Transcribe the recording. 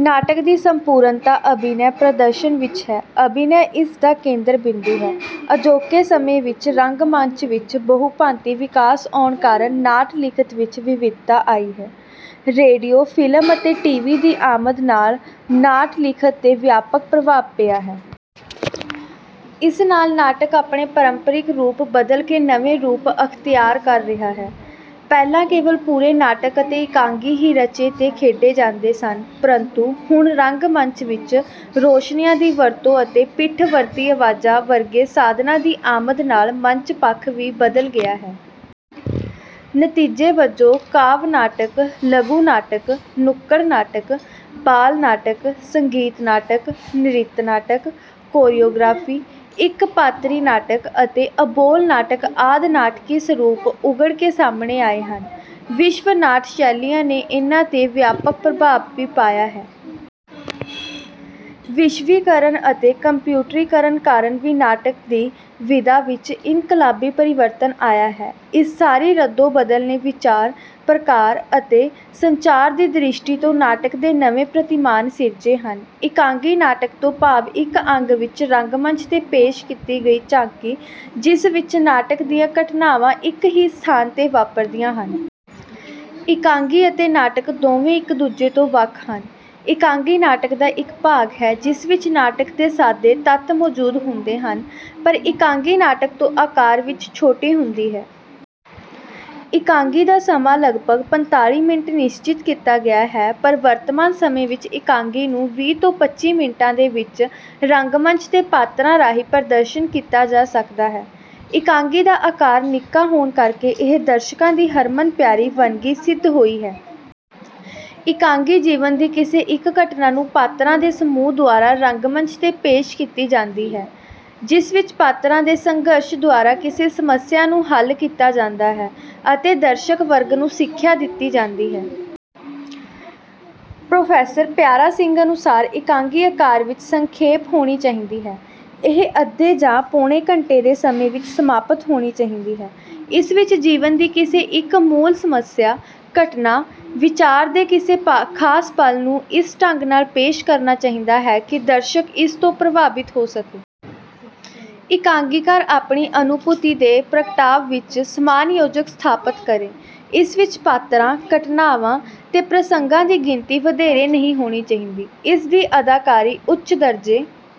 ਨਾਟਕ ਦੀ ਸੰਪੂਰਨਤਾ ਅਭਿਨੈ ਪ੍ਰਦਰਸ਼ਨ ਵਿੱਚ ਹੈ, ਅਭਿਨੈ ਇਸ ਦਾ ਕੇਂਦਰ ਬਿੰਦੂ ਹੈ। ਅਜੋਕੇ ਸਮੇਂ ਵਿੱਚ ਰੰਗ ਮੰਚ ਵਿੱਚ ਬਹੁਭਾਂਤੀ ਵਿਕਾਸ ਆਉਣ ਕਾਰਨ ਨਾਟ ਲਿਖਤ ਵਿੱਚ ਵਿਵਿਧਤਾ ਆਈ ਹੈ। ਰੇਡੀਓ, ਫਿਲਮ ਅਤੇ ਟੀ ਵੀ ਦੀ ਆਮਦ ਨਾਲ ਨਾਟ ਲਿਖਤ ਤੇ ਵਿਆਪਕ ਪ੍ਰਭਾਵ ਪਿਆ ਹੈ। ਇਸ ਨਾਲ ਨਾਟਕ ਆਪਣੇ ਪਰੰਪਰਿਕ ਰੂਪ ਬਦਲ ਕੇ ਨਵੇਂ ਰੂਪ ਅਖਤਿਆਰ ਕਰ ਰਿਹਾ ਹੈ। ਪਹਿਲਾਂ ਕੇਵਲ ਪੂਰੇ ਨਾਟਕ ਅਤੇ ਇਕਾਂਗੀ ਹੀ ਰਚੇ ਤੇ ਖੇਡੇ ਜਾਂਦੇ ਸਨ ਪਰੰਤੂ ਹੁਣ ਰੰਗ ਮੰਚ ਵਿੱਚ ਰੋਸ਼ਨੀਆਂ ਦੀ ਵਰਤੋਂ ਅਤੇ ਪਿੱਠ ਵਰਤੀ ਅਵਾਜ਼ਾਂ ਵਰਗੇ ਸਾਧਨਾਂ ਦੀ ਆਮਦ ਨਾਲ ਮੰਚ ਪੱਖ ਵੀ ਬਦਲ ਗਿਆ ਹੈ। ਨਤੀਜੇ ਵਜੋਂ ਕਾਵਿ ਨਾਟਕ, ਲਘੂ ਨਾਟਕ, ਨੁਕੜ ਨਾਟਕ, ਬਾਲ ਨਾਟਕ, ਸੰਗੀਤ ਨਾਟਕ, ਨ੍ਰਿਤ ਨਾਟਕ, ਕੋਰਿਓਗ੍ਰਾਫੀ, ਇੱਕ ਪਾਤਰੀ ਨਾਟਕ ਅਤੇ ਅਬੋਲ ਨਾਟਕ ਆਦਿ ਨਾਟਕੀ ਸਰੂਪ ਉੱਘੜ ਕੇ ਸਾਹਮਣੇ ਆਏ ਹਨ। ਵਿਸ਼ਵ ਨਾਟ ਸ਼ੈਲੀਆਂ ਨੇ ਇਹਨਾਂ ਤੇ ਵਿਆਪਕ ਪ੍ਰਭਾਵ ਵੀ ਪਾਇਆ ਹੈ। ਵਿਸ਼ਵੀਕਰਨ ਅਤੇ ਕੰਪਿਊਟਰੀਕਰਨ ਕਾਰਨ ਵੀ ਨਾਟਕ ਦੀ ਵਿਧਾ ਵਿੱਚ ਇਨਕਲਾਬੀ ਪਰਿਵਰਤਨ ਆਇਆ ਹੈ। ਇਸ ਸਾਰੀ ਰੱਦੋ ਬਦਲ ਨੇ ਵਿਚਾਰ, ਪ੍ਰਕਾਰ ਅਤੇ ਸੰਚਾਰ ਦੀ ਦ੍ਰਿਸ਼ਟੀ ਤੋਂ ਨਾਟਕ ਦੇ ਨਵੇਂ ਪ੍ਰਤਿਮਾਨ ਸਿਰਜੇ ਹਨ। ਇਕਾਂਗੀ ਨਾਟਕ ਤੋਂ ਭਾਵ ਇੱਕ ਅੰਗ ਵਿੱਚ ਰੰਗਮੰਚ ਤੇ ਪੇਸ਼ ਕੀਤੀ ਗਈ ਝਾਕੀ ਜਿਸ ਵਿੱਚ ਨਾਟਕ ਦੀਆਂ ਘਟਨਾਵਾਂ ਇੱਕ ਹੀ ਸਥਾਨ ਤੇ ਵਾਪਰਦੀਆਂ ਹਨ। ਇਕਾਂਗੀ ਅਤੇ ਨਾਟਕ ਦੋਵੇਂ ਇੱਕ ਦੂਜੇ ਤੋਂ ਵੱਖ ਹਨ। ਇਕਾਂਗੀ ਨਾਟਕ ਦਾ ਇੱਕ ਭਾਗ ਹੈ ਜਿਸ ਵਿੱਚ ਨਾਟਕ ਦੇ ਸਾਦੇ ਤੱਤ ਮੌਜੂਦ ਹੁੰਦੇ ਹਨ, ਪਰ ਇਕਾਂਗੀ ਨਾਟਕ ਤੋਂ ਆਕਾਰ ਵਿੱਚ ਛੋਟੀ ਹੁੰਦੀ ਹੈ। ਇਕਾਂਗੀ ਦਾ ਸਮਾਂ ਲਗਭਗ ਪੰਤਾਲੀ ਮਿੰਟ ਨਿਸਚਿਤ ਕੀਤਾ ਗਿਆ ਹੈ, ਪਰ ਵਰਤਮਾਨ ਸਮੇਂ ਵਿੱਚ ਇਕਾਂਗੀ ਨੂੰ ਵੀਹ ਤੋਂ ਪੱਚੀ ਮਿੰਟਾਂ ਦੇ ਵਿੱਚ ਰੰਗਮੰਚ ਤੇ ਪਾਤਰਾਂ ਰਾਹੀਂ ਪ੍ਰਦਰਸ਼ਨ ਕੀਤਾ ਜਾ ਸਕਦਾ ਹੈ। ਇਕਾਂਗੀ ਦਾ ਆਕਾਰ ਨਿੱਕਾ ਹੋਣ ਕਰਕੇ ਇਹ ਦਰਸ਼ਕਾਂ ਦੀ ਹਰਮਨ ਪਿਆਰੀ ਵੰਨਗੀ ਸਿੱਧ ਹੋਈ ਹੈ। ਇਕਾਂਗੀ ਜੀਵਨ ਦੀ ਕਿਸੇ ਇੱਕ ਘਟਨਾ ਨੂੰ ਪਾਤਰਾਂ ਦੇ ਸਮੂਹ ਦੁਆਰਾ ਰੰਗਮੰਚ ਤੇ ਪੇਸ਼ ਕੀਤੀ ਜਾਂਦੀ ਹੈ। ਜਿਸ ਵਿੱਚ ਪਾਤਰਾਂ ਦੇ ਸੰਘਰਸ਼ ਦੁਆਰਾ ਕਿਸੇ ਸਮੱਸਿਆ ਨੂੰ ਹੱਲ ਕੀਤਾ ਜਾਂਦਾ ਹੈ, ਅਤੇ ਦਰਸ਼ਕ ਵਰਗ ਨੂੰ ਸਿੱਖਿਆ ਦਿੱਤੀ ਜਾਂਦੀ ਹੈ। ਪ੍ਰੋਫੇਸਰ ਪਿਆਰਾ ਸਿੰਘ ਅਨੁਸਾਰ, ਇਕਾਂਗੀ ਆਕਾਰ ਵਿੱਚ ਸੰਖੇਪ ਹੋਣੀ ਚਾਹੀਦੀ ਹੈ। ਇਹ ਅੱਧੇ ਜਾਂ ਪੌਣੇ ਘੰਟੇ ਦੇ ਸਮੇਂ ਵਿੱਚ ਸਮਾਪਤ ਹੋਣੀ ਚਾਹੀਦੀ ਹੈ। ਇਸ ਵਿੱਚ ਜੀਵਨ ਦੀ ਕਿਸੇ ਇੱਕ ਮੂਲ ਸਮੱਸਿਆ, ਘਟਨਾ, ਵਿਚਾਰ ਦੇ ਕਿਸੇ ਖਾਸ ਪਲ ਨੂੰ ਇਸ ਢੰਗ ਨਾਲ ਪੇਸ਼ ਕਰਨਾ ਚਾਹੀਦਾ ਹੈ, ਕਿ ਦਰਸ਼ਕ ਇਸ ਤੋਂ ਪ੍ਰਭਾਵਿਤ ਹੋ ਸਕੇ। ਇਕਾਂਗੀਕਾਰ ਆਪਣੀ ਅਨੁਭੂਤੀ ਤੇ ਪ੍ਰਗਟਾਅ ਵਿੱਚ ਸਮਾਨਯੋਜਕ ਸਥਾਪਤ ਕਰੇ। ਇਸ ਵਿੱਚ ਪਾਤਰਾਂ, ਘਟਨਾਵਾਂ, ਤੇ ਪ੍ਰਸੰਗਾਂ ਦੀ ਗਿਣਤੀ ਵਧੇਰੇ ਨਹੀਂ ਹੋਣੀ ਚਾਹੀਦੀ। ਇਸ ਦੀ ਅਦਾਕਾਰੀ ਉੱਚ ਦਰਜੇ